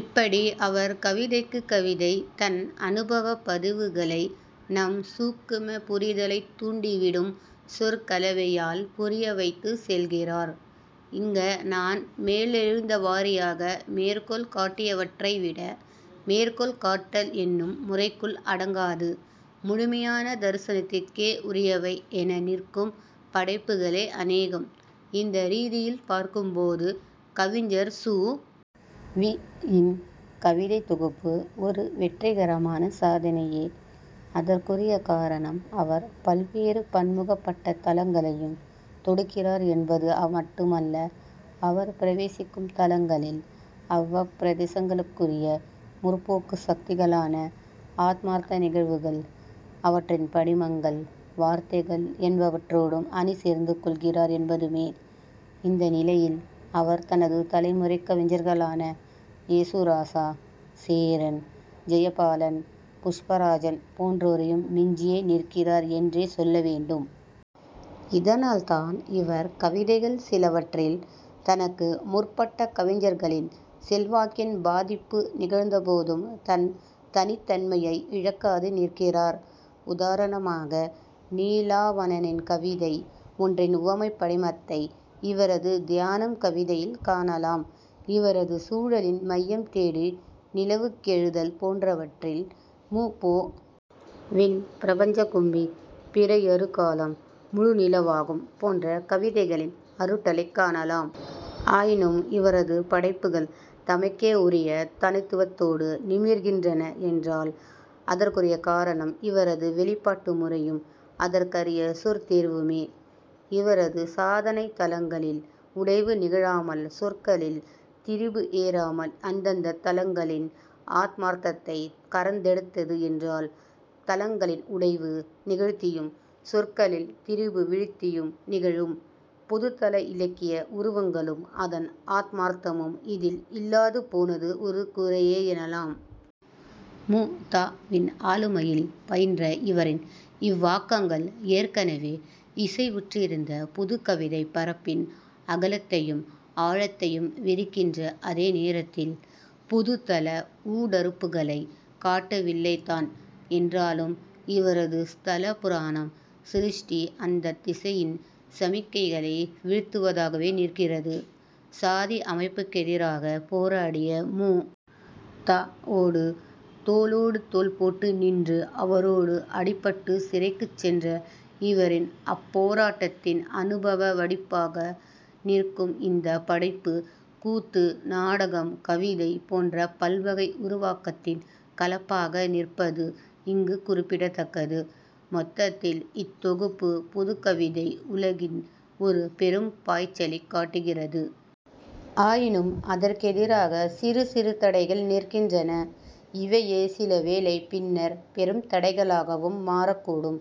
இப்படி அவர் கவிதைக்குக் கவிதை தன் அனுபவப் பதிவுகளை நம் சூக்கும புரிதலைத் தூண்டிவிடும் சொற்கலவையால் புரியவைத்துச் செல்கிறார். இங்க நான் மேலெழுந்தவாரியாக மேற்கோள் காட்டியவற்றை விட மேற்கோள் காட்டல் என்னும் முறைக்குள் அடங்காது முழுமையான தரிசனத்துக்கே உரியவை என நிற்கும் படைப்புகளே அனேகம். இந்த ரீதியில் பார்க்கும்போது கவிஞர் சு. வி. யின் கவிதைத் தொகுப்பு ஒரு வெற்றிகரமான சாதனையே. அதற்குரிய காரணம் அவர் பல்வேறு பன்முகப்பட்ட தளங்களையும் தொடுக்கிறார் என்பது மட்டுமல்ல அவர் பிரவேசிக்கும் தளங்களில் அவ்வப் பிரதேசங்களுக்குரிய முற்போக்குச் சக்திகளான ஆத்மார்த்த நிகழ்வுகள் அவற்றின் படிமங்கள் வார்த்தைகள் என்பவற்றோடும் அணிசேர்ந்துகொள்கிறார் என்பதுமே. இந்த நிலையில் அவர் தனது தலைமுறைக் கவிஞர்களான யேசுராசா சேரன் ஜெயபாலன் புஷ்பராஜன் போன்றோரையும் மிஞ்சியே நிற்கிறார் என்றே சொல்லவேண்டும். இதனால்தான் இவர் கவிதைகள் சிலவற்றில் தனக்கு முற்பட்ட கவிஞர்களின் செல்வாக்கின் பாதிப்பு நிகழ்ந்தபோதும் தன் தனித்தன்மையை இழக்காது நிற்கிறார். உதாரணமாக நீலாவணனின் கவிதை ஒன்றின் உவமைப் படிமத்தை இவரது தியானம் கவிதையில் காணலாம். இவரது சுழலின் மையம் தேடி நிலவுக் கெழுதல் போன்றவற்றில் மு. பொ. வின் பிரபஞ்சக்கும்மி பிறையருகாலம் முழுநிலவாகும் போன்ற கவிதைகளின் அருட்டலைக் காணலாம். ஆயினும் இவரது படைப்புகள் தமக்கே உரிய தனித்துவத்தோடு நிமிர்கின்றனவென்றால் அதற்குரிய காரணம் இவரது வெளிப்பாட்டு முறையும் அதற்கரிய சொற் தேர்வுமே. இவரது சாதனை தளங்களில் உடைவு நிகழாமல் சொற்களில் திரிபு ஏறாமல் அந்தந்தத் தளங்களின் ஆத்மார்த்தத்தைக் கறந்தெடுத்தது என்றால் தளங்களில் உடைவு நிகழ்த்தியும் சொற்களில் திரிபு விழுத்தியும் நிகழும் புதுத்தள இலக்கிய உருவங்களும் அதன் ஆத்மார்த்தமும் இதில் இல்லாது போனது ஒரு குறையே எனலாம். மு. த. வின் ஆளுமையில் பயின்ற இவரின் இவ்வாக்கங்கள் ஏற்கனவே இசைவுற்றிருந்த புதுக்கவிதைப் பரப்பின் அகலத்தையும் ஆழத்தையும் விரிக்கின்ற அதே நேரத்தில் புதுத்தள ஊடறுப்புகளைக் காட்டவில்லைத்தான். என்றாலும் இவரது ஸ்தல புராணம் சிருஷ்டி அந்தத் திசையின் சமிக்ஞைகளை விழுத்துவதாகவே நிற்கிறது. சாதி அமைப்புக் கெதிராகப் போராடிய மு. த. வோடு தோளோடு தோள்போட்டு நின்று அவரோடு அடிபட்டுச் சிறைக்குச்சென்ற இவரின் அப்போராட்டத்தின் அனுபவ வடிப்பாக நிற்கும் இந்தப் படைப்பு, கூத்து நாடகம் கவிதை போன்ற பல்வகை உருவாக்கத்தின் கலப்பாக நிற்பது இங்கு குறிப்பிடத்தக்கது. மொத்தத்தில் இத் தொகுப்பு புதுக்கவிதை உலகில் ஒரு பெரும் பாய்ச்சலைக் காட்டுகிறது. ஆயினும் அதற்கெதிராக சிறு சிறு தடைகள் நிற்கின்றன. இவையே சிலவேளை பின்னர் பெரும் தடைகளாகவும் மாறக்கூடும்.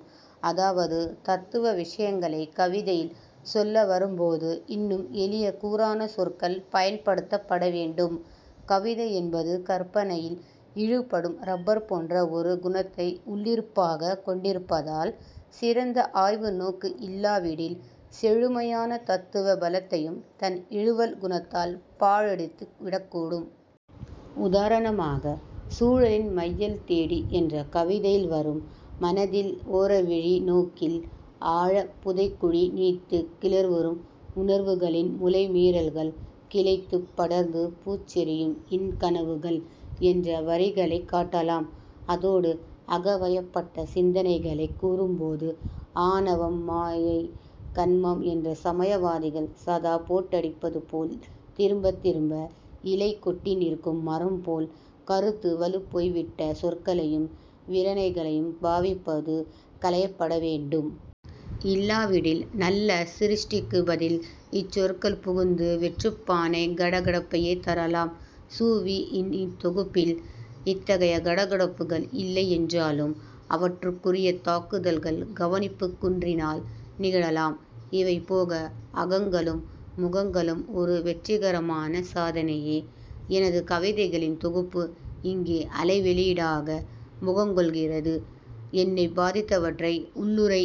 அதாவது தத்துவ விஷயங்களைக் கவிதையில் சொல்லவரும்போது இன்னும் எளிய கூரான சொற்கள் பயன்படுத்தப்படவேண்டும். கவிதை என்பது கற்பனையில் இழுபடும் றப்பர் போன்ற ஒரு குணத்தை உள்ளிருப்பாகக் கொண்டிருப்பதால் சிறந்த ஆய்வு நோக்கு இல்லாவிடில் செழுமையான தத்துவ பலத்தையும் தன் இழுவல் குணத்தால் பாழடித்து விடக்கூடும். உதாரணமாக சுழலின் மையல் தேடி என்ற கவிதையில் வரும் மனதில் ஓரவிழி நோக்கில் ஆழப் புதைகுழி நீத்துக் கிளர்வுறும் உணர்வுகளின் முளை மீறல்கள் கிளைத்துப் படர்ந்து பூச்சொரியும் இன் கனவுகள் என்ற வரிகளைக் காட்டலாம். அதோடு அகவயப்பட்ட சிந்தனைகளைக் கூறும்போது ஆணவம் மாயை கன்மம் என்று சமயவாதிகள் சதா போட்டடிப்பதுபோல் திரும்பத் திரும்ப இலை கொட்டி நிற்கும் மரம்போல் கருத்துவலுப் போய்விட்ட சொற்களையும் விரணைகளையும் பாவிப்பது களையப்பட வேண்டும். இல்லாவிடில் நல்ல சிருஷ்டிக்குப் பதில் இச்சொற்கள் புகுந்து வெற்றுப்பானைக் கட கடப்பையே தரலாம். சு. வி. யின் இத் தொகுப்பில் இத்தகைய கடகடப்புகள் இல்லையென்றாலும் அவற்றுக்குரிய தாக்குதல்கள் கவனிப்புக் குன்றினால் நிகழலாம். இவைபோக அகங்களும் முகங்களும் ஒரு வெற்றிகரமான சாதனையே. எனது கவிதைகளின் தொகுப்பு இங்கே அலைவெளியிடாக முகங்கொள்கிறது. என்னைப் பாதித்தவற்றை உள்ளுறை